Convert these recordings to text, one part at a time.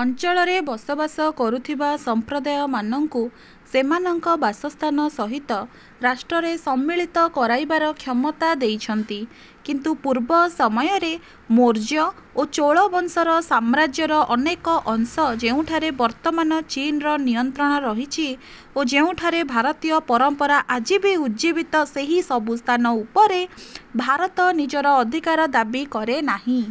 ଅଞ୍ଚଳରେ ବସବାସ କରୁଥିବା ସମ୍ପ୍ରଦାୟମାନଙ୍କୁ ସେମାନଙ୍କ ବାସସ୍ଥାନ ସହିତ ରାଷ୍ଟ୍ରରେ ସମ୍ମିଳିତ କରାଇବାର କ୍ଷମତା ଦେଇଛନ୍ତି। କିନ୍ତୁ ପୂର୍ବ ସମୟରେ ମୌର୍ଯ୍ୟ ଓ ଚୋଳ ବଂଶର ସାମ୍ରାଜ୍ୟର ଅନେକ ଅଂଶ ଯେଉଁଠାରେ ବର୍ତ୍ତମାନ ଚୀନ୍‌ର ନିୟନ୍ତ୍ରଣ ରହିଛି ଓ ଯେଉଁଠାରେ ଭାରତୀୟ ପରମ୍ପରା ଆଜି ବି ଉଜ୍ଜୀବିତ, ସେହି ସବୁ ସ୍ଥାନ ଉପରେ ଭାରତ ନିଜର ଅଧିକାର ଦାବି କରେ ନାହିଁ।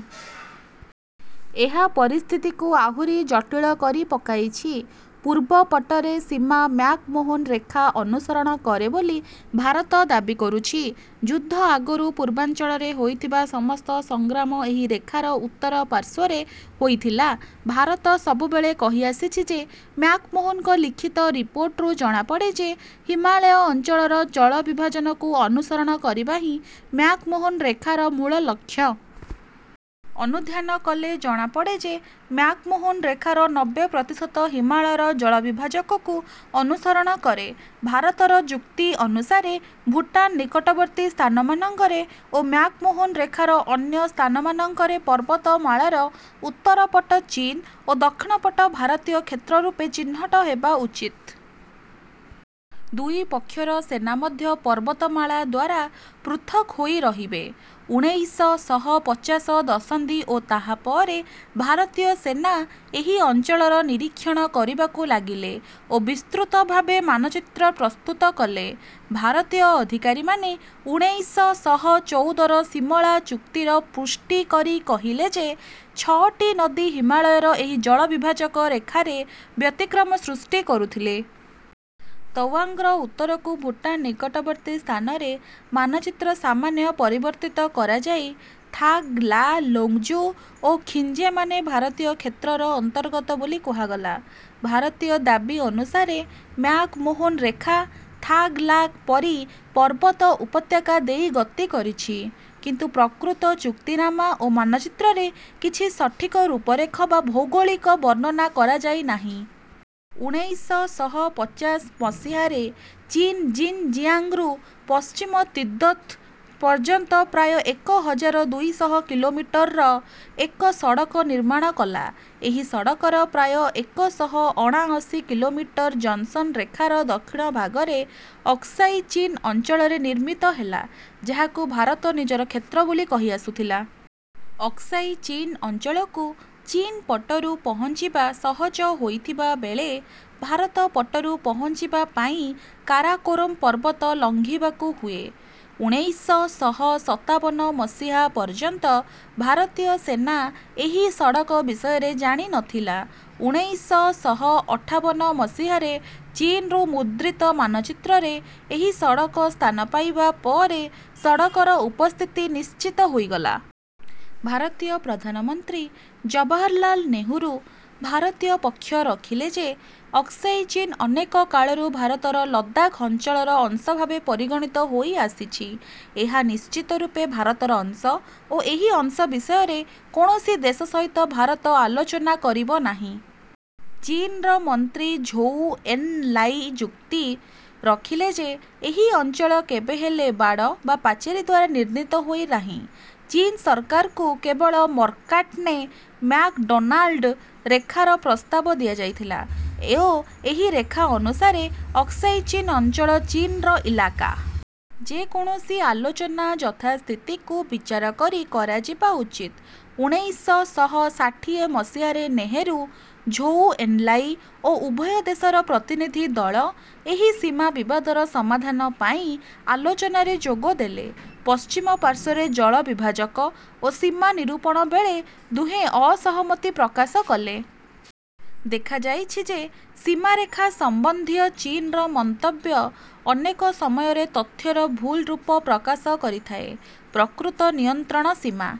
ଏହା ପରିସ୍ଥିତିକୁ ଆହୁରି ଜଟିଳ କରିପକାଇଛି। ପୂର୍ବ ପଟରେ ସୀମା ମ୍ୟାକ୍-ମୋହନ ରେଖା ଅନୁସରଣ କରେ ବୋଲି ଭାରତ ଦାବି କରୁଛି। ଯୁଦ୍ଧ ଆଗରୁ ପୂର୍ବାଞ୍ଚଳରେ ହୋଇଥିବା ସମସ୍ତ ସଂଗ୍ରାମ ଏହି ରେଖାର ଉତ୍ତର ପାର୍ଶ୍ୱରେ ହୋଇଥିଲା। ଭାରତ ସବୁବେଳେ କହି ଆସିଛି ଯେ ମ୍ୟାକ୍-ମୋହନଙ୍କ ଲିଖିତ ରିପୋର୍ଟରୁ ଜଣାପଡ଼େ ଯେ ହିମାଳୟ ଅଞ୍ଚଳର ଜଳବିଭାଜକକୁ ଅନୁସରଣ କରିବା ହିଁ ମ୍ୟାକ୍-ମୋହନ ରେଖାର ମୂଳ ଲକ୍ଷ୍ୟ। ଅନୁଧ୍ୟାନ କଲେ ଜଣାପଡ଼େ ଯେ ମ୍ୟାକ୍-ମୋହନ ରେଖାର ନବେ ପ୍ରତିଶତ ହିମାଳୟର ଜଳବିଭାଜକକୁ ଅନୁସରଣ କରେ। ଭାରତର ଯୁକ୍ତି ଅନୁସାରେ ଭୁଟାନ୍ ନିକଟବର୍ତ୍ତୀ ସ୍ଥାନମାନଙ୍କରେ ଓ ମ୍ୟାକ୍-ମୋହନ ରେଖାର ଅନ୍ୟ ସ୍ଥାନମାନଙ୍କରେ ପର୍ବତମାଳାର ଉତ୍ତର ପଟ ଚୀନ୍ ଓ ଦକ୍ଷିଣ ପଟ ଭାରତୀୟ କ୍ଷେତ୍ର ରୂପେ ଚିହ୍ନଟ ହେବା ଉଚିତ। ଦୁଇ ପକ୍ଷର ସେନା ମଧ୍ୟ ପର୍ବତମାଳା ଦ୍ୱାରା ପୃଥକ୍ ହୋଇ ରହିବେ। ଉଣେଇଶ ଶହ ପଚାଶ ଦଶନ୍ଧି ଓ ତାହା ପରେ ଭାରତୀୟ ସେନା ଏହି ଅଞ୍ଚଳର ନିରୀକ୍ଷଣ କରିବାକୁ ଲାଗିଲେ ଓ ବିସ୍ତୃତ ଭାବେ ମାନଚିତ୍ର ପ୍ରସ୍ତୁତ କଲେ। ଭାରତୀୟ ଅଧିକାରୀମାନେ ଉଣେଇଶ ଶହ ଚଉଦର ସିମଳା ଚୁକ୍ତିର ପୁଷ୍ଟି କରି କହିଲେ ଯେ ଛଅଟି ନଦୀ ହିମାଳୟର ଏହି ଜଳବିଭାଜକ ରେଖାରେ ବ୍ୟତିକ୍ରମ ସୃଷ୍ଟି କରୁଥିଲେ। ତୱାଙ୍ଗ୍‌ର ଉତ୍ତରକୁ ଭୁଟାନ୍ ନିକଟବର୍ତ୍ତୀ ସ୍ଥାନରେ ମାନଚିତ୍ର ସାମାନ୍ୟ ପରିବର୍ତ୍ତିତ କରାଯାଇ ଥାଗ୍ ଲା, ଲୋଙ୍ଗ୍‌ଜୁ ଓ ଖିଞ୍ଜେମାନେ ଭାରତୀୟ କ୍ଷେତ୍ରର ଅନ୍ତର୍ଗତ ବୋଲି କୁହାଗଲା। ଭାରତୀୟ ଦାବି ଅନୁସାରେ ମ୍ୟାକ୍-ମୋହନ ରେଖା ଥାଗ୍ ଲା ପରି ପର୍ବତ ଉପତ୍ୟକା ଦେଇ ଗତି କରିଛି। କିନ୍ତୁ ପ୍ରକୃତ ଚୁକ୍ତିନାମା ଓ ମାନଚିତ୍ରରେ କିଛି ସଠିକ ରୂପରେଖ ବା ଭୌଗୋଳିକ ବର୍ଣ୍ଣନା କରାଯାଇ ନାହିଁ। ଉଣେଇଶ ଶହ ପଚାଶ ମସିହାରେ ଚୀନ୍ ଜିନ୍‌ଜିଆଙ୍ଗ୍‌ରୁ ପଶ୍ଚିମ ତିବ୍ଦତ ପର୍ଯ୍ୟନ୍ତ ପ୍ରାୟ ଏକ ହଜାର ଦୁଇ ଶହ କିଲୋମିଟର ର ଏକ ସଡ଼କ ନିର୍ମାଣ କଲା। ଏହି ସଡ଼କର ପ୍ରାୟ ଏକ ଶହ ଅଣାଅଶୀ କିଲୋମିଟର ଜନ୍‌ସନ୍ ରେଖାର ଦକ୍ଷିଣ ଭାଗରେ ଅକ୍ସାଇ ଚୀନ୍ ଅଞ୍ଚଳରେ ନିର୍ମିତ ହେଲା ଯାହାକୁ ଭାରତ ନିଜର କ୍ଷେତ୍ର ବୋଲି କହିଆସୁଥିଲା। ଅକ୍ସାଇ ଚୀନ୍ ଅଞ୍ଚଳକୁ ଚୀନ୍ ପଟରୁ ପହଞ୍ଚିବା ସହଜ ହୋଇଥିବା ବେଳେ ଭାରତ ପଟରୁ ପହଞ୍ଚିବା ପାଇଁ କାରାକୋରମ୍ ପର୍ବତ ଲଙ୍ଘିବାକୁ ହୁଏ। ଉଣେଇଶ ଶହ ସତାବନ ମସିହା ପର୍ଯ୍ୟନ୍ତ ଭାରତୀୟ ସେନା ଏହି ସଡ଼କ ବିଷୟରେ ଜାଣି ନ ଥିଲା। ଉଣେଇଶ ଶହ ଅଠାବନ ମସିହାରେ ଚୀନରୁ ମୁଦ୍ରିତ ମାନଚିତ୍ରରେ ଏହି ସଡ଼କ ସ୍ଥାନ ପାଇବା ପରେ ସଡ଼କର ଉପସ୍ଥିତି ନିଶ୍ଚିତ ହୋଇଗଲା। ଭାରତୀୟ ପ୍ରଧାନମନ୍ତ୍ରୀ ଜବାହରଲାଲ୍ ନେହେରୁ ଭାରତୀୟ ପକ୍ଷ ରଖିଲେ ଯେ ଅକ୍ସାଇ ଚୀନ୍ ଅନେକ କାଳରୁ ଭାରତର ଲଦାଖ୍ ଅଞ୍ଚଳର ଅଂଶ ଭାବେ ପରିଗଣିତ ହୋଇଆସିଛି, ଏହା ନିଶ୍ଚିତ ରୂପେ ଭାରତର ଅଂଶ ଓ ଏହି ଅଂଶ ବିଷୟରେ କୌଣସି ଦେଶ ସହିତ ଭାରତ ଆଲୋଚନା କରିବ ନାହିଁ। ଚୀନ୍‌ର ମନ୍ତ୍ରୀ ଝୋଉ ଏନ୍‌ଲାଇ ଯୁକ୍ତି ରଖିଲେ ଯେ ଏହି ଅଞ୍ଚଳ କେବେହେଲେ ବାଡ଼ ବା ପାଚେରୀ ଦ୍ୱାରା ନିର୍ଣ୍ଣୀତ ହୋଇ ନାହିଁ। ଚୀନ୍ ସରକାରକୁ କେବଳ ମକାର୍ଟ୍‌ନେ-ମ୍ୟାକ୍‌ଡନାଲ୍ଡ୍ ରେଖାର ପ୍ରସ୍ତାବ ଦିଆଯାଇଥିଲା ଓ ଏହି ରେଖା ଅନୁସାରେ ଅକ୍ସାଇ ଚୀନ୍ ଅଞ୍ଚଳ ଚୀନ୍‌ର ଇଲାକା। ଯେ କୌଣସି ଆଲୋଚନା ଯଥାସ୍ଥିତିକୁ ବିଚାର କରି କରାଯିବା ଉଚିତ। ଉଣେଇଶ ଶହ ଷାଠିଏ ମସିହାରେ ନେହେରୁ, ଝୋଉ ଏନ୍‌ଲାଇ ଓ ଉଭୟ ଦେଶର ପ୍ରତିନିଧି ଦଳ ଏହି ସୀମା ବିବାଦର ସମାଧାନ ପାଇଁ ଆଲୋଚନାରେ ଯୋଗ ଦେଲେ। ପଶ୍ଚିମ ପାର୍ଶ୍ୱରେ ଜଳବିଭାଜକ ଓ ସୀମା ନିରୂପଣ ବେଳେ ଦୁହେଁ ଅସହମତି ପ୍ରକାଶ କଲେ। ଦେଖାଯାଇଛି ଯେ ସୀମାରେଖା ସମ୍ବନ୍ଧୀୟ ଚୀନ୍‌ର ମନ୍ତବ୍ୟ ଅନେକ ସମୟରେ ତଥ୍ୟର ଭୁଲ ରୂପ ପ୍ରକାଶ କରିଥାଏ। ପ୍ରକୃତ ନିୟନ୍ତ୍ରଣ ସୀମା